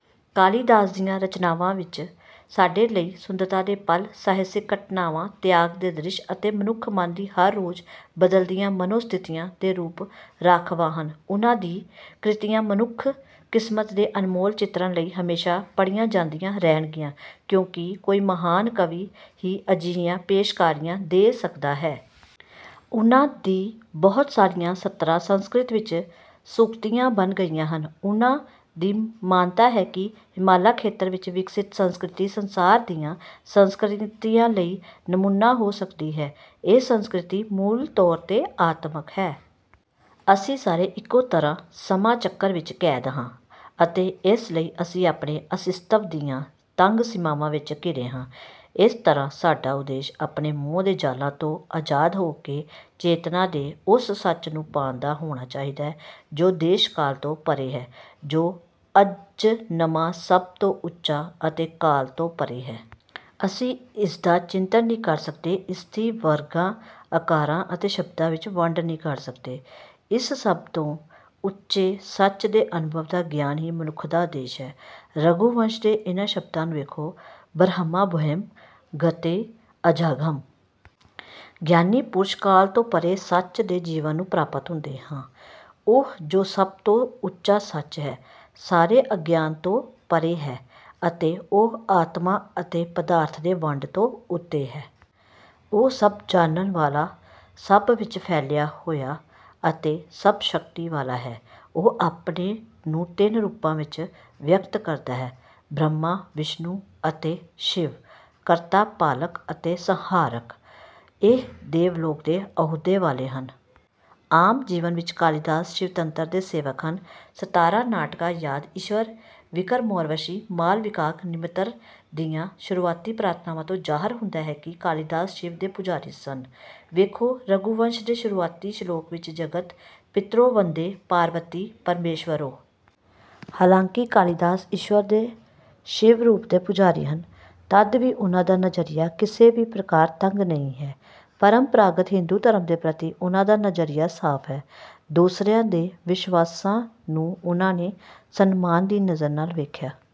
ਕਾਲੀਦਾਸ ਦੀਆਂ ਰਚਨਾਵਾਂ ਵਿੱਚ ਸਾਡੇ ਲਈ ਸੁੰਦਰਤਾ ਦੇ ਪਲ ਸਾਹਸਿਕ ਘਟਨਾਵਾਂ ਤਿਆਗ ਦੇ ਦ੍ਰਿਸ਼ ਅਤੇ ਮਨੁੱਖ ਮਨ ਦੀ ਹਰ ਰੋਜ਼ ਬਦਲਦੀਆਂ ਮਨੋ ਸਥਿਤੀਆਂ ਦੇ ਰੂਪ ਰਾਖਵਾਂ ਹਨ। ਉਨ੍ਹਾਂ ਦੀ ਕ੍ਰਿਤੀਆਂ ਮਨੁੱਖ ਕਿਸਮਤ ਦੇ ਅਨਮੋਲ ਚਿਤਰਣ ਲਈ ਹਮੇਸ਼ਾਂ ਪੜ੍ਹੀਆਂ ਜਾਂਦੀਆਂ ਰਹਿਣਗੀਆਂ ਕਿਉਂਕਿ ਕੋਈ ਮਹਾਨ ਕਵੀ ਹੀ ਅਜਿਹੀਆਂ ਪੇਸ਼ਕਾਰੀਆਂ ਦੇ ਸਕਦਾ ਹੈ। ਉਨ੍ਹਾਂ ਦੀ ਬਹੁਤ ਸਾਰੀਆਂ ਸਤਰਾਂ ਸੰਸਕ੍ਰਿਤ ਵਿੱਚ ਸੂਕਤੀਆਂ ਬਣ ਗਈਆਂ ਹਨ। ਉਨ੍ਹਾਂ ਦੀ ਮਾਨਤਾ ਹੈ ਕਿ ਹਿਮਾਲਾ ਖੇਤਰ ਵਿੱਚ ਵਿਕਸਿਤ ਸੰਸਕ੍ਰਿਤੀ ਸੰਸਾਰ ਦੀਆਂ ਸੰਸਕ੍ਰਿਤੀਆਂ ਲਈ ਨਮੂਨਾ ਹੋ ਸਕਦੀ ਹੈ। ਇਹ ਸੰਸਕ੍ਰਿਤੀ ਮੂਲ ਤੌਰ ਤੇ ਆਤਮਕ ਹੈ। ਅਸੀਂ ਸਾਰੇ ਇਕੋ ਤਰ੍ਹਾਂ ਸਮਾਂ ਚੱਕਰ ਵਿੱਚ ਕੈਦ ਹਾਂ ਅਤੇ ਇਸ ਲਈ ਅਸੀਂ ਆਪਣੇ ਅਸਤਿਤਵ ਦੀਆਂ ਤੰਗ ਸੀਮਾਵਾਂ ਵਿੱਚ ਘਿਰੇ ਹਾਂ। ਇਸ ਤਰ੍ਹਾਂ ਸਾਡਾ ਉਦੇਸ਼ ਆਪਣੇ ਮੋਹ ਦੇ ਜਾਲਾਂ ਤੋਂ ਅਜ਼ਾਦ ਹੋਕੇ ਚੇਤਨਾ ਦੇ ਉਸ ਸੱਚ ਨੂੰ ਪਾਉਣ ਦਾ ਹੋਣਾ ਚਾਹੀਦਾ ਹੈ ਜੋ ਦੇਸ਼ ਕਾਲ ਤੋਂ ਪਰੇ ਹੈ ਜੋ ਅਜਨਮਾ ਸਭ ਤੋਂ ਉੱਚਾ ਅਤੇ ਕਾਲ ਤੋਂ ਪਰੇ ਹੈ। ਅਸੀਂ ਇਸਦਾ ਚਿੰਤਨ ਨਹੀਂ ਕਰ ਸਕਦੇ ਇਸਦੀ ਵਰਗਾਂ ਆਕਾਰਾਂ ਅਤੇ ਸ਼ਬਦਾਂ ਵਿੱਚ ਵੰਡ ਨਹੀਂ ਕਰ ਸਕਦੇ। ਇਸ ਸਭ ਤੋਂ ਉੱਚੇ ਸੱਚ ਦੇ ਅਨੁਭਵ ਦਾ ਗਿਆਨ ਹੀ ਮਨੁੱਖ ਦਾ ਉਦੇਸ਼ ਹੈ। ਰਘੂਵੰਸ਼ ਦੇ ਇਨ੍ਹਾਂ ਸ਼ਬਦਾਂ ਨੂੰ ਵੇਖੋ ਬਰਹਮਾਭੂਇੰ ਗਤੀਂ ਅਜਾਗੰ। ਗਿਆਨੀ ਪੁਰੁਸ਼ ਕਾਲ ਤੋਂ ਪਰੇ ਸੱਚ ਦੇ ਜੀਵਨ ਨੂੰ ਪ੍ਰਾਪਤ ਹੁੰਦੇ ਹਾਂ। ਉਹ ਜੋ ਸਭ ਤੋਂ ਉੱਚਾ ਸੱਚ ਹੈ ਸਾਰੇ ਅਗਿਆਨ ਤੋਂ ਪਰੇ ਹੈ ਅਤੇ ਉਹ ਆਤਮਾ ਅਤੇ ਪਦਾਰਥ ਦੇ ਵੰਡ ਤੋਂ ਉੱਤੇ ਹੈ। ਉਹ ਸਭ ਜਾਣਨ ਵਾਲਾ ਸਭ ਵਿੱਚ ਫੈਲਿਆ ਹੋਇਆ ਅਤੇ ਸਭ ਸ਼ਕਤੀ ਵਾਲਾ ਹੈ। ਉਹ ਆਪਣੇ ਨੂੰ ਤਿੰਨ ਰੂਪਾਂ ਵਿੱਚ ਵਿਅਕਤ ਕਰਦਾ ਹੈ ਬ੍ਰਹਮਾ ਵਿਸ਼ਨੂੰ ਅਤੇ ਸ਼ਿਵ ਕਰਤਾ ਪਾਲਕ ਅਤੇ ਸੰਹਾਰਕ। ਇਹ ਦੇਵ ਲੋਕ ਦੇ ਅਹੁਦੇ ਵਾਲੇ ਹਨ। ਆਮ ਜੀਵਨ ਵਿੱਚ ਕਾਲੀਦਾਸ ਸ਼ਿਵਤੰਤਰ ਦੇ ਸੇਵਕ ਹਨ। ਸਤਾਰਾਂ ਨਾਟਕਾਂ ਯਾਦ ਈਸ਼ਵਰ ਵਿਕਰਮੋਰਵਸ਼ੀ ਮਾਲਵਿਕਾਗਨਿਮਿਤਰ ਦੀਆਂ ਸ਼ੁਰੂਆਤੀ ਪ੍ਰਾਰਥਨਾਵਾਂ ਤੋਂ ਜ਼ਾਹਰ ਹੁੰਦਾ ਹੈ ਕਿ ਕਾਲੀਦਾਸ ਸ਼ਿਵ ਦੇ ਪੂਜਾਰੀ ਸਨ। ਵੇਖੋ ਰਘੂਵੰਸ਼ ਦੇ ਸ਼ੁਰੂਆਤੀ ਸ਼ਲੋਕ ਵਿੱਚ ਜਗਤ ਪਿਤਰੌ ਵੰਦੇ ਪਾਰਬਤੀ ਪਰਮੇਸ਼ਵਰੌ। ਹਾਲਾਂਕਿ ਕਾਲੀਦਾਸ ਈਸਵਰ ਦੇ ਸ਼ਿਵ ਰੂਪ ਦੇ ਪੂਜਾਰੀ ਹਨ ਤਦ ਵੀ ਉਨ੍ਹਾਂ ਦਾ ਨਜ਼ਰੀਆ ਕਿਸੇ ਵੀ ਪ੍ਰਕਾਰ ਤੰਗ ਨਹੀਂ ਹੈ। ਪਰੰਪਰਾਗਤ ਹਿੰਦੂ ਧਰਮ ਦੇ ਪ੍ਰਤੀ ਉਨ੍ਹਾਂ ਦਾ ਨਜ਼ਰੀਆ ਸਾਫ ਹੈ। ਦੂਸਰਿਆਂ ਦੇ ਵਿਸ਼ਵਾਸਾਂ ਨੂੰ ਉਨ੍ਹਾਂ ਨੇ ਸਨਮਾਨ ਦੀ ਨਜ਼ਰ ਨਾਲ ਵੇਖਿਆ।